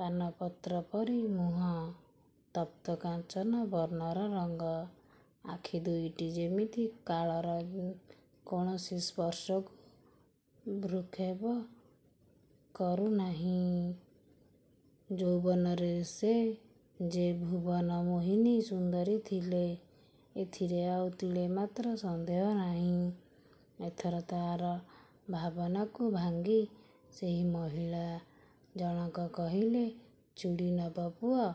ପାନପତ୍ର ପରି ମୁହଁ, ତପ୍ତ କାଞ୍ଚନ ବର୍ଣ୍ଣର ରଙ୍ଗ, ଆଖି ଦୁଇଟି ଯେମିତି କାଳର କୌଣସି ସ୍ପର୍ଶକୁ ଭ୍ରୂକ୍ଷେପ କରୁନାହିଁ-। ଯୌବନରେ ସେ ଯେ ଭୁବନମୋହିନୀ ସୁନ୍ଦରୀ ଥିଲେ, ଏଥିରେ ଆଉ ତିଳେମାତ୍ର ସନ୍ଦେହ ନାହିଁ-। ଏଥର ତା'ର ଭାବନାକୁ ଭାଙ୍ଗି ସେହି ମହିଳା ଜଣକ କହିଲେ, ଚୁଡ଼ି ନବ ପୁଅ?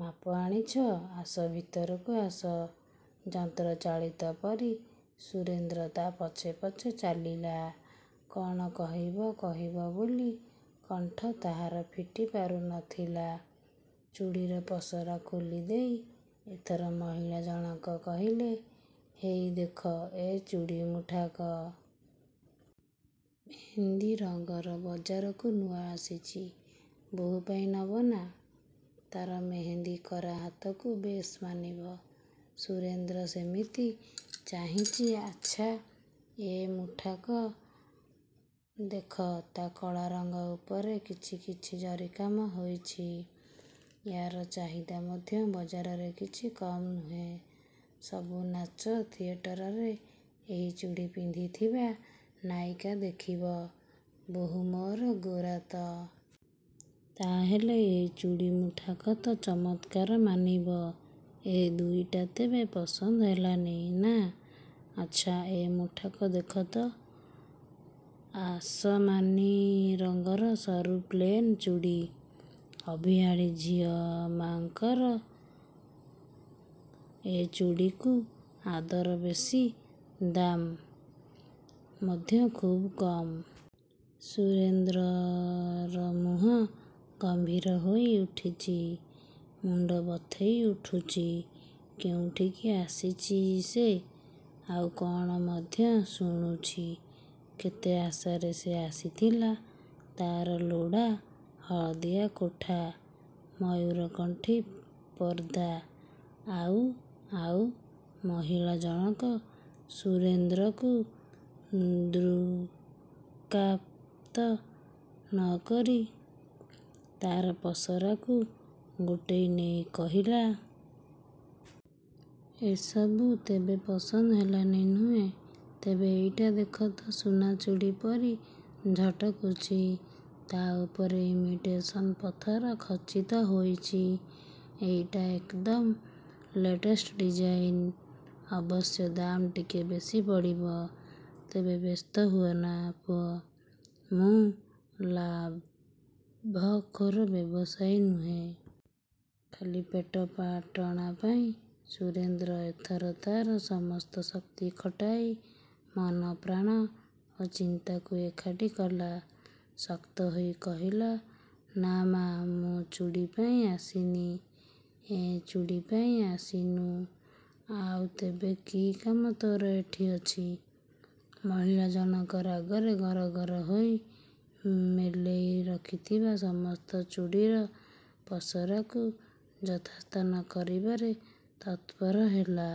ମାପ ଆଣିଛ? ଆସ ଭିତରକୁ ଆସ। ଯନ୍ତ୍ରଚାଳିତ ପରି ସୁରେନ୍ଦ୍ର ତା' ପଛେ ପଛେ ଚାଲିଲା। କ'ଣ କହିବ କହିବ ବୋଲି କଣ୍ଠ ତାହାର ଫିଟି ପାରୁ ନ ଥିଲା। ଚୁଡ଼ିର ପସରା ଖୋଲି ଦେଇ ଏଥର ମହିଳା ଜଣକ କହିଲେ, ହେଇ ଦେଖ, ଏ ଚୁଡ଼ି ମୁଠାକ। ମେହେନ୍ଦି ରଙ୍ଗର ବଜାରକୁ ନୂଆ ଆସିଛି। ବୋହୂ ପାଇଁ ନବ ନାଁ। ତା'ର ମେହେନ୍ଦିକରା ହାତକୁ ବେଶ୍ ମାନିବ। ସୁରେନ୍ଦ୍ର ସେମିତି ଚାହିଁଚି। ଆଚ୍ଛା, ଏ ମୁଠାକ ଦେଖ ତ। କଳା ରଙ୍ଗ ଉପରେ କିଛି କିଛି ଜରି କାମ ହୋଇଛି। ୟାର ଚାହିଦା ମଧ୍ୟ ବଜାରରେ କିଛି କମ୍ ନୁହେଁ, ସବୁ ନାଚ ଥିଏଟରରେ ଏହି ଚୁଡ଼ି ପିନ୍ଧିଥିବା ନାୟିକା ଦେଖିବ, ବୋହୂ ମୋ'ର ଗୋରା ତ? ତା' ହେଲେ ଏ ଚୁଡ଼ି ମୁଠାକ ତ ଚମତ୍କାର ମାନିବ। ଏ ଦୁଇଟା ତେବେ ପସନ୍ଦ ହେଲାନି, ନାଁ? ଆଚ୍ଛା, ଏ ମୁଠାକ ଦେଖ ତ, ଆସମାନି ରଙ୍ଗର ସରୁ ପ୍ଲେନ ଚୁଡ଼ି। ଅଭିଆଡ଼ୀ ଝିଅମାଙ୍କର ଏ ଚୁଡ଼ିକୁ ଆଦର ବେଶୀ, ଦାମ୍ ମଧ୍ୟ ଖୁବ୍ କମ୍-। ସୁରେନ୍ଦ୍ରର ମୁହଁ ଗମ୍ଭୀର ହୋଇ ଉଠିଚି। ମୁଣ୍ଡ ବଥେଇ ଉଠୁଛି, କେଉଁଠିକି ଆସିଛି ସେ-? ଆଉ କ'ଣ ମଧ୍ୟ ଶୁଣୁଛି? କେତେ ଆଶାରେ ସେ ଆସିଥିଲା। ତା'ର ଲୋଡ଼ା ହଳଦିଆ କୋଠା ମୟୂରକଣ୍ଠୀ ପର୍ଦ୍ଦା। ଆଉ-. ଆଉ-. ମହିଳା ଜଣକ ସୁରେନ୍ଦ୍ରକୁ ଦୃକ୍ପାତ ନ କରି, ତା'ର ପସରାକୁ ଗୋଟେଇ ନେଇ କହିଲା-. ଏସବୁ ତେବେ ପସନ୍ଦ ହେଲାନି, ନୁହେଁ? ତେବେ ଏଇଟା ଦେଖ ତ, ସୁନା ଚୁଡ଼ି ପରି ଝଟକୁଛି। ତା' ଉପରେ ଇମିଟେସନ ପଥର ଖଚିତ ହୋଇଛି। ଏଇଟା ଏକଦମ୍ ଲେଟେଷ୍ଟ ଡିଜାଇନ୍। ଅବଶ୍ୟ ଦାମ୍ ଟିକେ ବେଶୀ ପଡ଼ିବ। ତେବେ ବ୍ୟସ୍ତ ହୁଅନା ପୁଅ। ମୁଁ ଲାଭଖୋର ବ୍ୟବସାୟୀ ନୁହେଁ। ଖାଲି ପେଟପାଟଣା ପାଇଁ। ସୁରେନ୍ଦ୍ର ଏଥର ତା'ର ସମସ୍ତ ଶକ୍ତି ଖଟାଇ, ମନ ପ୍ରାଣ ଓ ଚିନ୍ତାକୁ ଏକାଠି କଲା। ଶକ୍ତ ହୋଇ କହିଲା-ନାଁ ମା, ମୁଁ ଚୁଡ଼ିପାଇଁ ଆସିନି। ଏଁ ଚୁଡ଼ିପାଇଁ ଆସିନୁ? ଆଉ ତେବେ କି କାମ ତୋ'ର ଏଠି ଅଛି? ମହିଳା ଜଣକ ରାଗରେ ଗର ଗର ହୋଇ ମେଲେଇ ରଖିଥିବା ସମସ୍ତ ଚୁଡ଼ିର ପସରାକୁ ଯଥାସ୍ଥାନ କରିବାରେ ତତ୍ପର ହେଲା।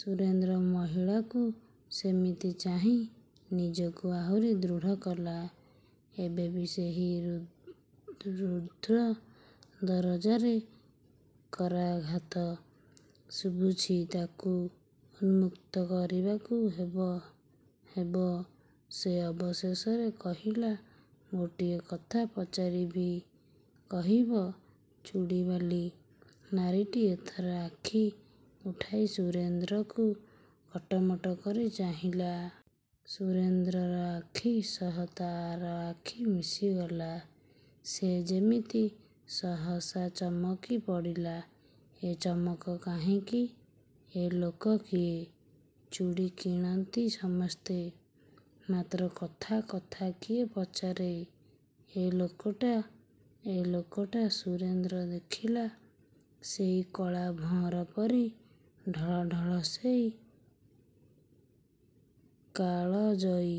ସୁରେନ୍ଦ୍ର ମହିଳାକୁ ସେମିତି ଚାହିଁ, ନିଜକୁ ଆହୁରି ଦୃଢ଼ କଲା। ଏବେ ବି ସେହି ରୁଦ୍ଧ ଦରଜାରେ କରାଘାତ। ଶୁଭୁଛି ତାକୁ ଉନ୍ମକ୍ତ କରିବାକୁ ହେବ, ହେବ,। ସେ ଅବଶେଷରେ କହିଲା, ଗୋଟିଏ କଥା ପଚାରିବି, କହିବ? ଚୁଡ଼ିବାଲୀ ନାରୀଟି ଏଥର ଆଖି ଉଠାଇ ସୁରେନ୍ଦ୍ରକୁ କଟମଟ କରି ଚାହିଁଲା। ସୁରେନ୍ଦ୍ରର ଆଖି ସହ ତା'ର ଆଖି ମିଶିଗଲା। ସେ ଯେମିତି ସହସା ଚମକି ପଡ଼ିଲା। ଏ ଚମକ କାହିଁକି? ଏ ଲୋକ କିଏ? ଚୁଡ଼ି କିଣନ୍ତି ସମସ୍ତେ- ମାତ୍ର କଥା, କଥା କିଏ ପଚାରେ? ଏ ଲୋକଟା- ଏ- ଲୋକଟା- ସୁରେନ୍ଦ୍ର ଦେଖିଲା- ସେଇ କଳା ଭଅଁର ପରି ଢଳଢଳ ସେହି କାଳଜୟୀ